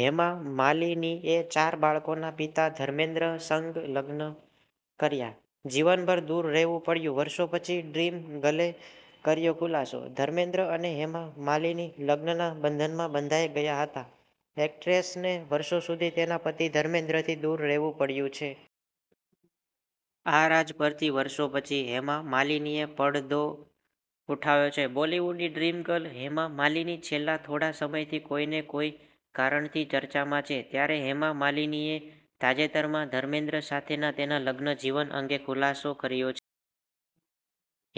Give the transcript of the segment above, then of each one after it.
હેમા માલિનીએ ચાર બાળકોના પિતા ધર્મેન્દ્ર સંગ લગ્ન કર્યા, જીવનભર દુર રહેવું પડ્યું, વર્ષો પછી ડ્રીમ ગર્લે કર્યો ખુલાસો. ધર્મેન્દ્ર અને હેમા માલિની લગ્નના બંધનમાં બંધાઇ ગયા હતાં એક્ટ્રેસને વર્ષો સુધી તેના પતિ ધર્મેન્દ્રથી દૂર રહેવું પડ્યું છે. આ રાજ પરથી વર્ષો પછી હેમા માલિનીએ પડ઼દો ઉઠાવ્યો છે. બોલિવૂડની ડ્રીમ ગર્લ હેમા માલિની છેલ્લા થોડા સમયથી કોઇને કોઇ કારણથી ચર્ચામાં છે. ત્યારે હેમા માલિનીએ તાજેતરમાં ધર્મેન્દ્ર સાથેના તેના લગ્ન જીવન અંગે ખુલાસો કર્યો છે.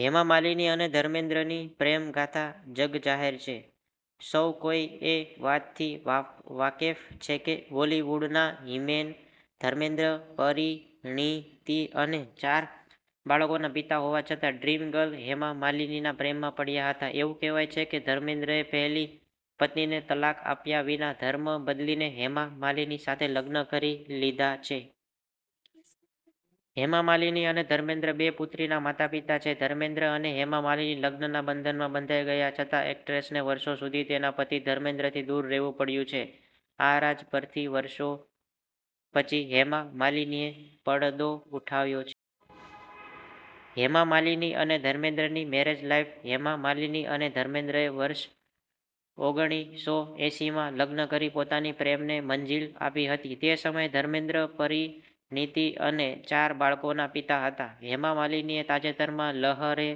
હેમા માલિની અને ધર્મેન્દ્રની પ્રેમગાથા જગજાહેર છે. સૌકોઇ એ વાતથી વાકેફ છે કે બોલિવૂડના હિમેન ધર્મેન્દ્ર પરિણીતી અને ચાર બાળકોના પિતા હોવા છતાં ડ્રીમ ગર્લ હેમા માલિનીના પ્રેમમાં પડ્યા હતા. એવું કહેવાય છે કે ધર્મેન્દ્રએ પહેલી પત્નીને તલાક આપ્યા વિના ધર્મ બદલીને હેમા માલિની સાથે લગ્ન કરી લીધા છે. હેમા માલિની અને ધર્મેન્દ્ર બે પુત્રીના માતા-પિતા છે. ધર્મેન્દ્ર અને હેમા માલિની લગ્નના બંધનમાં બંધાઇ ગયા છતાં એક્ટ્રેસને વર્ષો સુધી તેના પતિ ધર્મેન્દ્રથી દૂર રહેવું પડ્યું છે. આ રાજ પરથી વર્ષો પછી હેમા માલિનીએ પડ઼દો ઉઠાવ્યો છે. હેમા માલિની અને ધર્મેન્દ્રની મેરેજ લાઇફ, હેમા માલિની અને ધર્મેન્દ્રએ વર્ષ ઓગણીસોએંસીમાં લગ્ન કરી પોતાની પ્રેમને મંઝીલ આપી હતી. તે સમયે ધર્મેન્દ્ર પરિણીતી અને ચાર બાળકના પિતા હતા. હેમા માલિનીએ તાજેતરમાં લહરે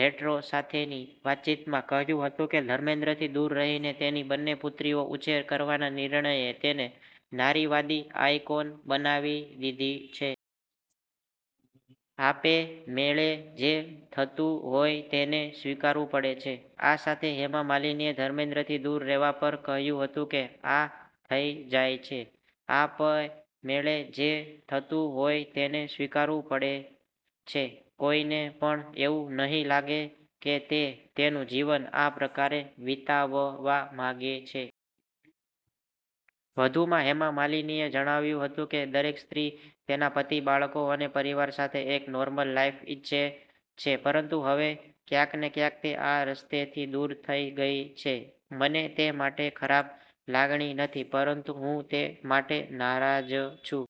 રેટ્રો સાથેની વાતચીતમાં કહ્યું હતું કે, ધર્મેન્દ્રથી દૂર રહીને તેની બંને પુત્રીઓનો ઉછેર કરવાના નિર્ણયે તેને નારીવાદી આઇકોન બનાવી દીધી છે. 'આપેમેળે જે થતું હોય તેને સ્વીકારવું પડે છે' આ સાથે હેમા માલિનીએ ધર્મેન્દ્રથી દુર રહેવા પર કહ્યું હતું કે, 'આ થઇ જાય છે. આપેમેળે જે થતું હોય તેને સ્વીકારવું પડે છે, કોઇને પણ એવું નહીં લાગે કે તે તેનું જીવન આ પ્રકારે વિતાવવા માંગે છે'. વધુમાં હેમા માલિનીએ જણાવ્યું હતું કે, દરેક સ્ત્રી તેના પતિ, બાળકો અને પરિવાર સાથે એક નોર્મલ લાઇફ ઇચ્છે છે. પરંતુ હવે ક્યાંકને ક્યાંક તે આ રસ્તેથી દૂર થઇ ગઇ છે. મને તે માટે ખરાબ લાગણી નથી, પરંતુ હું તે માટે નારાજ છું.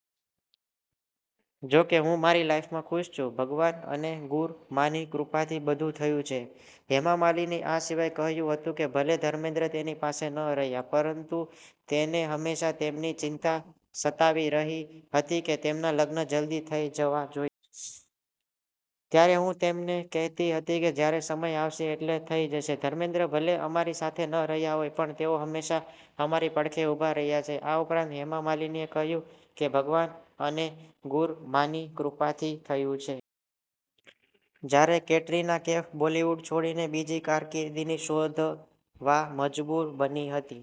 જો કે, હું મારી લાઇફમાં ખુશ છું. 'ભગવાન અને ગુર માંની કૃપાથી બધુ થયું છે'. હેમા માલિની આ સિવાય કહ્યું હતું કે, 'ભલે ઘર્મેન્દ્ર તેની પાસે ન રહ્યા, પરંતુ તેને હંમેશા તેમની ચિંતા સતાવી રહી હતી કે, તેમના લગ્ન જલ્દી થઇ જવા જોઇએ. ત્યારે હું તેમને કહેતી હતી કે જ્યારે સમય આવશે એટલે થઇ જશે. ધર્મેન્દ્ર ભલે અમારી સાથે ન રહ્યા હોય, પણ તેઓ હંમેશા અમારી પડખે ઉભા રહ્યા છે'. આ ઉપરાંત હેમા માલિનીએ કહ્યું કે, 'ભગવાન અને ગુર માંની કૃપાથી થયું છે'. જ્યારે કેટરીના કૈફ બોલિવૂડ છોડીને બીજી કારકિર્દીની શોધવા મજબૂર બની હતી.